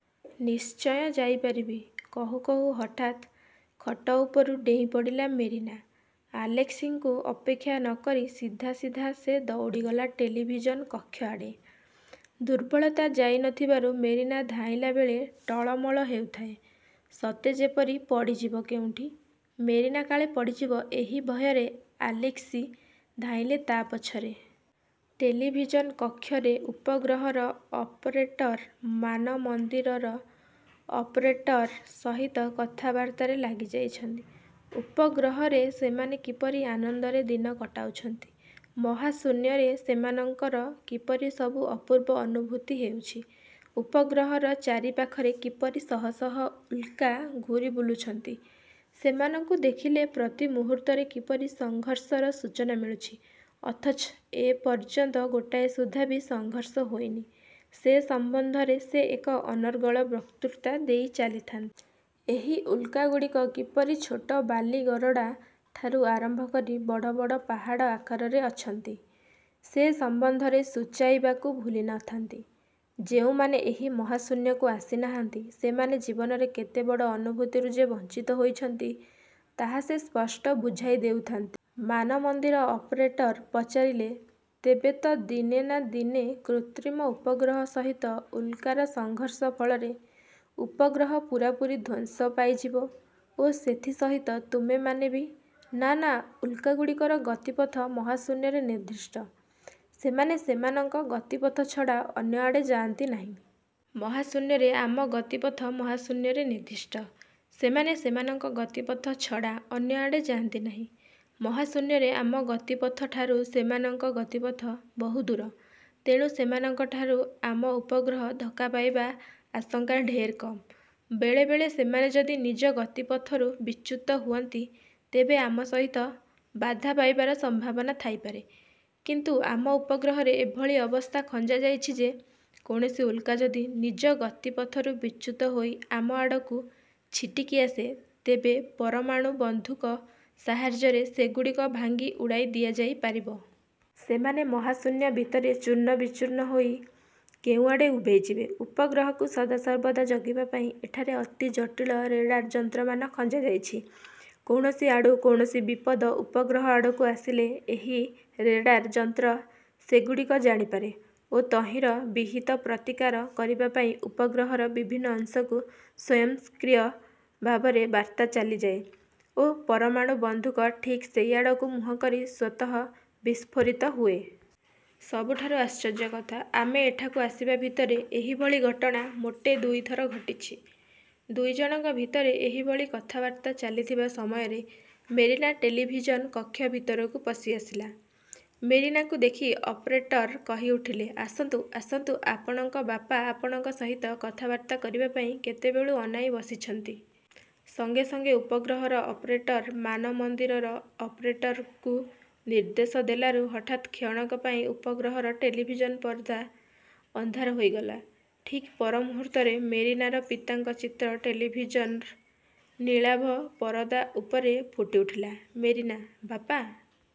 ନିଶ୍ଚୟ ଯାଇପାରିବି। '' କହୁ କହୁ ହଠାତ୍ ଖଟ ଉପରୁ ଡେଇଁପଡ଼ିଲା ମେରିନା। ଆଲେସ୍କିଙ୍କୁ ଅପେକ୍ଷା ନକରି ସିଧାସିଧା ସେ ଦୌଡ଼ିଗଲା ଟେଲିଭିଜନ୍ କକ୍ଷ ଆଡ଼େ। ଦୁର୍ବଳତା ଯାଇ ନଥିବାରୁ ମେରିନା ଧାଇଁଲାବେଳେ ଟଳମଳ ହେଉଥାଏ; ସତେ ଯେପରି ପଡ଼ିଯିବ କେଉଁଠି। ମେରିନା କାଳେ ପଡ଼ିଯିବ, ଏହି ଭୟରେ ଆଲେସ୍କି ଧାଇଁଲେ ତା ପଛରେ। ଟେଲିଭିଜନ୍ କକ୍ଷରେ ଉପଗ୍ରହର ଅପରେଟର୍ ମାନମନ୍ଦିରର ଅପରେଟର ସହିତ କଥାବାର୍ତ୍ତାରେ ଲାଗିଯାଇଥାନ୍ତି। ଉପଗ୍ରହରେ ସେମାନେ କିପରି ଆନନ୍ଦରେ ଦିନ କଟାଉଛନ୍ତି, ମହାଶୂନ୍ୟରେ ସେମାନଙ୍କର କିପରି ସବୁ ଅପୂର୍ବ ଅନୁଭୂତି ହେଉଛି, ଉପଗ୍ରହର ଚାରି ପାଖରେ କିପରି ଶହ ଶହ ଉଲ୍କା ଘୂରିବୁଲୁଛନ୍ତି, ସେମାନଙ୍କୁ ଦେଖିଲେ ପ୍ରତି ମୁହୂର୍ତ୍ତରେ କିପରି ସଂଘର୍ଷର ସୂଚନା ମିଳୁଛି ଅଥଚ ଏପର୍ଯ୍ୟନ୍ତ ଗୋଟାଏ ସୁଦ୍ଧା ବି ସଂଘର୍ଷ ହୋଇନି, ସେ ସମ୍ବନ୍ଧରେ ସେ ଏକ ଅନର୍ଗଳ ବକ୍ତୃତା ଦେଇ ଚାଲିଥାନ୍ତି। ଏହି ଉଲ୍କାଗୁଡ଼ିକ କିପରି ଛୋଟ ବାଲିଗରଡ଼ାଠାରୁ ଆରମ୍ଭକରି ବଡ଼ ବଡ଼ ପାହାଡ଼ ଆକାରରେ ଅଛନ୍ତି, ସେ ସମ୍ବନ୍ଧରେ ସୂଚାଇବାକୁ ଭୁଲି ନଥାନ୍ତି। ଯେଉଁମାନେ ଏହି ମହାଶୂନ୍ୟକୁ ଆସିନାହାନ୍ତି, ସେମାନେ ଜୀବନରେ କେତେ ବଡ଼ ଅନୁଭୂତିରୁ ଯେ ବଞ୍ଚିତ ହୋଇଛନ୍ତି ତାହା ସେ ସ୍ପଷ୍ଟ ବୁଝାଇ ଦେଉଥାନ୍ତି। ମାନମନ୍ଦିର ଅପରେଟର ପଚାରିଲେ, ''ତେବେ ତ ଦିନେ ନା ଦିନେ କୃତ୍ରିମ ଉପଗ୍ରହ ସହିତ ଉଲ୍କାର ସଂଘର୍ଷ ଫଳରେ ଉପଗ୍ରହ ପୂରାପୂରି ଧ୍ୱଂସ ପାଇଯିବ ଓ ସେଥିସହିତ ତୁମେମାନେ ବି। "ନା ନା, ଉଲ୍କାଗୁଡିକର ଗତିପଥ ମହାଶୂନ୍ୟରେ ନିର୍ଦ୍ଦିଷ୍ଟ। ସେମାନେ ସେମାନଙ୍କ ଗତିପଥ ଛଡ଼ା ଅନ୍ୟ ଆଡ଼େ ଯାଆନ୍ତି ନାହିଁ। ମହାଶୂନ୍ୟରେ ଆମ ଗତିପଥ ମହାଶୂନ୍ୟରେ ନିର୍ଦ୍ଦିଷ୍ଟ। ସେମାନେ ସେମାନଙ୍କ ଗତିପଥ ଛଡ଼ା ଅନ୍ୟ ଆଡ଼େ ଯାଆନ୍ତି ନାହିଁ। ମହାଶୂନ୍ୟରେ ଆମ ଗତିପଥଠାରୁ ସେମାନଙ୍କ ଗତିପଥ ବହୁ ଦୂର। ତେଣୁ ସେମାନଙ୍କଠାରୁ ଆମ ଉପଗ୍ରହ ଧକ୍କା ପାଇବା ଆଶଙ୍କା ଢେର୍ କମ୍। ବେଳେ ବେଳେ ସେମାନେ ଯଦି ନିଜଗତିପଥରୁ ବିଚ୍ୟୁତ ହୁଅନ୍ତି, ତେବେ ଆମ ସହିତ ବାଧା ପାଇବାର ସମ୍ଭାବନା ଥାଇପାରେ; କିନ୍ତୁ ଆମ ଉପଗ୍ରହରେ ଏଭଳି ଅବସ୍ଥା ଖଞ୍ଜାଯାଇଛି ଯେ, କୌଣସି ଉଲ୍କା ଯଦି ନିଜ ଗତିପଥରୁ ବିଚ୍ୟୁତ ହୋଇ ଆମ ଆଡ଼କୁ ଛିଟିକି ଆସେ, ତେବେ ପରମାଣୁବନ୍ଧୁକ ସାହାଯ୍ୟରେ ସେଗୁଡ଼ିକ ଭାଙ୍ଗି ଉଡ଼ାଇ ଦିଆଯାଇ ପାରିବ-। ସେମାନେ ମହାଶୂନ୍ୟ ଭିତରେ ଚୂର୍ଣ୍ଣବିଚୂର୍ଣ୍ଣ ହୋଇ କେଉଁଆଡ଼େ ଉଭେଇଯିବେ। ଉପଗ୍ରହକୁ ସଦାସର୍ବଦା ଜଗିବାପାଇଁ ଏଠାରେ ଅତି ଜଟିଳ ରେଡ଼ାର୍ ଯନ୍ତ୍ରମାନ ଖଞ୍ଜାଯାଇଛି। କୌଣସି ଆଡ଼ୁ କୌଣସି ବିପଦ ଉପଗ୍ରହ ଆଡ଼କୁ ଆସିଲେ, ଏହି ରେଡ଼ାର୍ ଯନ୍ତ୍ର ସେଗୁଡ଼ିକ ଜାଣିପାରେ ଓ ତହିଁର ବିହିତ ପ୍ରତିକାର କରିବା ପାଇଁ ଉପଗ୍ରହର ବିଭିନ୍ନ ଅଂଶକୁ ସ୍ୱୟଂକ୍ରିୟ ଭାବରେ ବାର୍ତ୍ତା ଚାଲିଯାଏ ଓ ପରମାଣୁବନ୍ଧୁକ ଠିକ୍ ସେଇ ଆଡ଼କୁ ମୁହଁ କରି ସ୍ୱତଃ ବିସ୍ଫୋରିତ ହୁଏ। ସବୁଠାରୁ ଆଶ୍ଚର୍ଯ୍ୟ କଥା, ଆମେ ଏଠାକୁ ଆସିବା ଭିତରେ ଏହିଭଳି ଘଟଣା ମୋଟେ ଦୁଇଥର ଘଟିଛି। '' ଦୁଇଜଣଙ୍କ ଭିତରେ ଏହିଭଳି କଥାବାର୍ତ୍ତା ଚାଲିଥିବା ସମୟରେ ମେରିନା ଟେଲିଭିଜନ୍ କକ୍ଷ ଭିତରକୁ ପଶିଆସିଲା। ମେରିନାକୁ ଦେଖି ଅପରେଟର୍ କହିଉଠିଲେ, ''ଆସନ୍ତୁ, ଆସନ୍ତୁ, ଆପଣଙ୍କ ବାପା ଆପଣଙ୍କ ସହିତ କଥାବାର୍ତ୍ତା କରିବାପାଇଁ କେତେ ବେଳୁଁ ଅନାଇ ବସିଛନ୍ତି। '' ସଙ୍ଗେ ସଙ୍ଗେ ଉପଗ୍ରହର ଅପରେଟର୍ ମାନମନ୍ଦିରର ଅପରେଟରକୁ ନିର୍ଦ୍ଦେଶ ଦେଲାରୁ ହଠାତ୍ କ୍ଷଣକ ପାଇଁ ଉପଗ୍ରହର ଟେଲିଭିଜନ୍ ପର୍ଦ୍ଦା ଅନ୍ଧାର ହୋଇଗଲା। ଠିକ୍ ପରମୁହୂର୍ତ୍ତରେ ମେରିନାର ପିତାଙ୍କ ଚିତ୍ର ଟେଲିଭିଜନ୍ର ନୀଳାଭ ପରଦା ଉପରେ ଫୁଟିଉଠିଲା। ମେରିନା 'ବାପା'